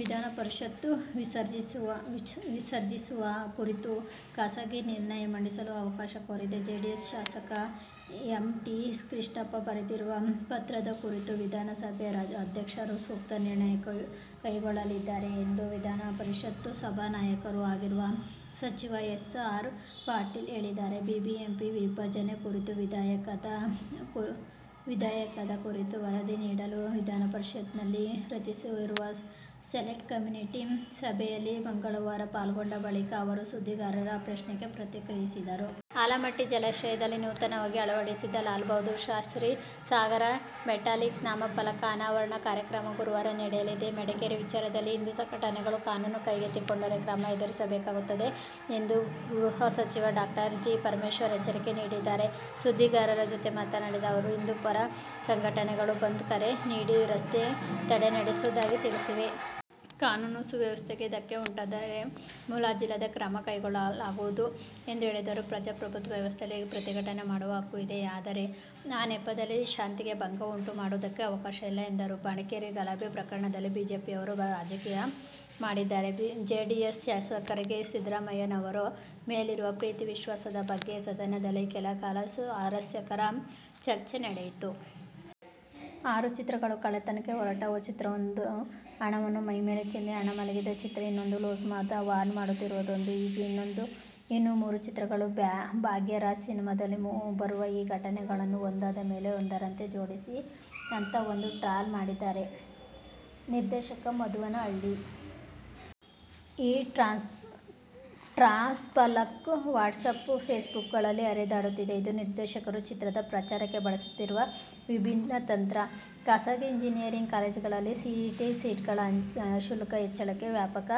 ವಿಧಾನ ಪರಿಷತ್ ವಿಸರ್ಜಿಸುವ ಕುರಿತು ಖಾಸಗಿ ನಿರ್ಣಯ ಮಂಡಿಸಲು ಅವಕಾಶ ಕೋರಿ ಜೆಡಿಎಸ್ ಶಾಸಕ ಎಂ. ಟಿ. ಕೃಷ್ಣಪ್ಪ ಬರೆದಿರುವ ಪತ್ರದ ಕುರಿತು ವಿಧಾನಸಭೆ ಅಧ್ಯಕ್ಷರು ಸೂಕ್ತ ನಿರ್ಣಯ ಕೈಗೊಳ್ಳಲಿದ್ದಾರೆ ಎಂದು ವಿಧಾನ ಪರಿಷತ್ ಸಭಾನಾಯಕರೂ ಆಗಿರುವ ಸಚಿವ ಎಸ್. ಆರ್. ಪಾಟೀಲ್ ಹೇಳಿದ್ದಾರೆ. ಬಿಬಿಎಂಪಿ ವಿಭಜನೆ ಕುರಿತ ವಿಧೇಯಕದ ಕುರಿತು ವರದಿ ನೀಡಲು ವಿಧಾನ ಪರಿಷತ್ತಿನಲ್ಲಿ ರಚಿಸಲಾಗಿರುವ ಸೆಲೆಕ್ಟ್ ಕಮಿಟಿ ಸಭೆಯಲ್ಲಿ ಮಂಗಳವಾರ ಪಾಲ್ಗೊಂಡ ಬಳಿಕ ಅವರು ಸುದ್ದಿಗಾರರ ಪ್ರಶ್ನೆಗೆ ಪ್ರತಿಕ್ರಿಯಿಸಿದರು. ಆಲಮಟ್ಟಿ ಜಲಾಶಯದಲ್ಲಿ ನೂತನವಾಗಿ ಅಳವಡಿಸಿದ "ಲಾಲ್ ಬಹದ್ದೂರ್ ಶಾಸ್ತ್ರೀ ಸಾಗರ' ಮೆಟ್ಯಾಲಿಕ್ ನಾಮಫಲಕ ಅನಾವರಣ ಕಾರ್ಯಕ್ರಮ ಗುರುವಾರ ನಡೆಯಲಿದೆ. ಮಡಿಕೇರಿ ವಿಚಾರದಲ್ಲಿ ಹಿಂದೂ ಸಂಘಟನೆಗಳು ಕಾನೂನು ಕೈಗೆತ್ತಿಕೊಂಡರೆ ಕ್ರಮ ಎದುರಿಸಬೇಕಾಗುತ್ತದೆ ಎಂದು ಗೃಹ ಸಚಿವ ಡಾ ಜಿ. ಪರಮೇಶ್ವರ್ ಎಚ್ಚರಿಕೆ ನೀಡಿದ್ದಾರೆ. ಸುದ್ದಿಗಾರರ ಜತೆ ಮಾತನಾಡಿದ ಅವರು, ಹಿಂದೂ ಪರ ಸಂಘಟನೆಗಳು ಬಂದ್ ಕರೆ ನೀಡಿ, ರಸ್ತೆ ತಡೆ ನಡೆಸುವುದಾಗಿ ತಿಳಿಸಿವೆ. ಕಾನೂನುಸುವ್ಯವಸ್ಥೆಗೆ ಧಕ್ಕೆ ಉಂಟಾದರೆ ಮುಲಾಜಿಲ್ಲದೆ ಕ್ರಮ ಕೈಗೊಳ್ಳಲಾಗುವುದು ಎಂದು ಹೇಳಿದರು. ಪ್ರಜಾಪ್ರಭುತ್ವ ವ್ಯವಸ್ಥೆಯಲ್ಲಿ ಪ್ರತಿಭಟನೆ ಮಾಡುವ ಹಕ್ಕು ಇದೆ. ಆದರೆ, ಆ ನೆಪದಲ್ಲಿ ಶಾಂತಿಗೆ ಭಂಗ ಉಂಟು ಮಾಡುವುದಕ್ಕೆ ಅವಕಾಶವಿಲ್ಲ ಎಂದರು. ಮಡಿಕೇರಿ ಗಲಭೆ ಪ್ರಕರಣದಲ್ಲಿ ಬಿಜೆಪಿಯವರು ರಾಜಕೀಯ ಮಾಡುತ್ತಿದ್ದಾರೆ. ಜೆಡಿಎಸ್ ಶಾಸಕರಿಗೆ ಸಿದ್ದರಾಮಯ್ಯನವರ ಮೇಲಿರುವ ಪ್ರೀತಿ-ವಿಶ್ವಾಸದ ಬಗ್ಗೆ ಸದನದಲ್ಲಿ ಕೆಲಕಾಲ ಸ್ವಾರಸ್ಯಕರ ಚರ್ಚೆ ನಡೆಯಿತು. ಆರು ಚಿತ್ರಗಳು. ಕಳ್ಳತನಕ್ಕೆ ಹೊರಟ ಚಿತ್ರವೊಂದು. ಹಣವನ್ನು ಮೈಮೇಲೆ ಚೆಲ್ಲಿ ಮಲಗಿದ ಚಿತ್ರ ಇನ್ನೊಂದು. ಲೂಸ್ ಮಾದ ವಾರ್ನ್ ಮಾಡುತ್ತಿರುವುದೊಂದು. ಹೀಗೇ ಇನ್ನೂ ಮೂರು ಚಿತ್ರಗಳು. "ಭಾಗ್ಯರಾಜ್' ಸಿನಿಮಾದಲ್ಲಿ ಬರುವ ಈ ಘಟನೆಗಳನ್ನು ಒಂದಾದಮೇಲೆ ಒಂದರಂತೆ ಜೋಡಿಸಿ ಅಂತ ಒಂದು ಟ್ರಾಲ್ ಮಾಡಿದ್ದಾರೆ ನಿರ್ದೇಶಕ ಮಧುವನಹಳ್ಳಿ. ಈ ಟ್ರಾಲ್ಫಲಕ ವಾಟ್ಸಪ್, ಫೇಸ್ಬುಕ್ಗಳಲ್ಲಿ ಹರಿದಾಡುತ್ತಿದೆ. ಇದು ನಿರ್ದೇಶಕರು ಚಿತ್ರದ ಪ್ರಚಾರಕ್ಕೆ ಬಳಸಿರುವ ವಿಭಿನ್ನ ತಂತ್ರ. ಖಾಸಗಿ ಇಂಜಿನಿಯರಿಂಗ್ ಕಾಲೇಜುಗಳಲ್ಲಿನ ಸಿಇಟಿ ಸೀಟುಗಳ ಶುಲ್ಕ ಹೆಚ್ಚಳಕ್ಕೆ ವ್ಯಾಪಕ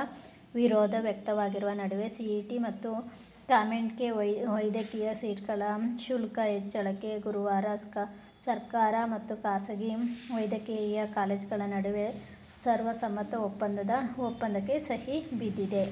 ವಿರೋಧ ವ್ಯಕ್ತವಾಗಿರುವ ನಡುವೆಯೇ ಸಿಇಟಿ ಮತ್ತು ಕಾಮೆಡ್-ಕೆ ವೈದ್ಯಕೀಯ ಸೀಟುಗಳ ಶುಲ್ಕ ಹೆಚ್ಚಳಕ್ಕೂ ಗುರುವಾರ ಸರ್ಕಾರ ಮತ್ತು ಖಾಸಗಿ ವೈದ್ಯಕೀಯ ಕಾಲೇಜುಗಳ ನಡುವೆ ಸರ್ವಸಮ್ಮತ ಒಪ್ಪಂದಕ್ಕೆ ಸಹಿ ಬಿದ್ದಿದೆ.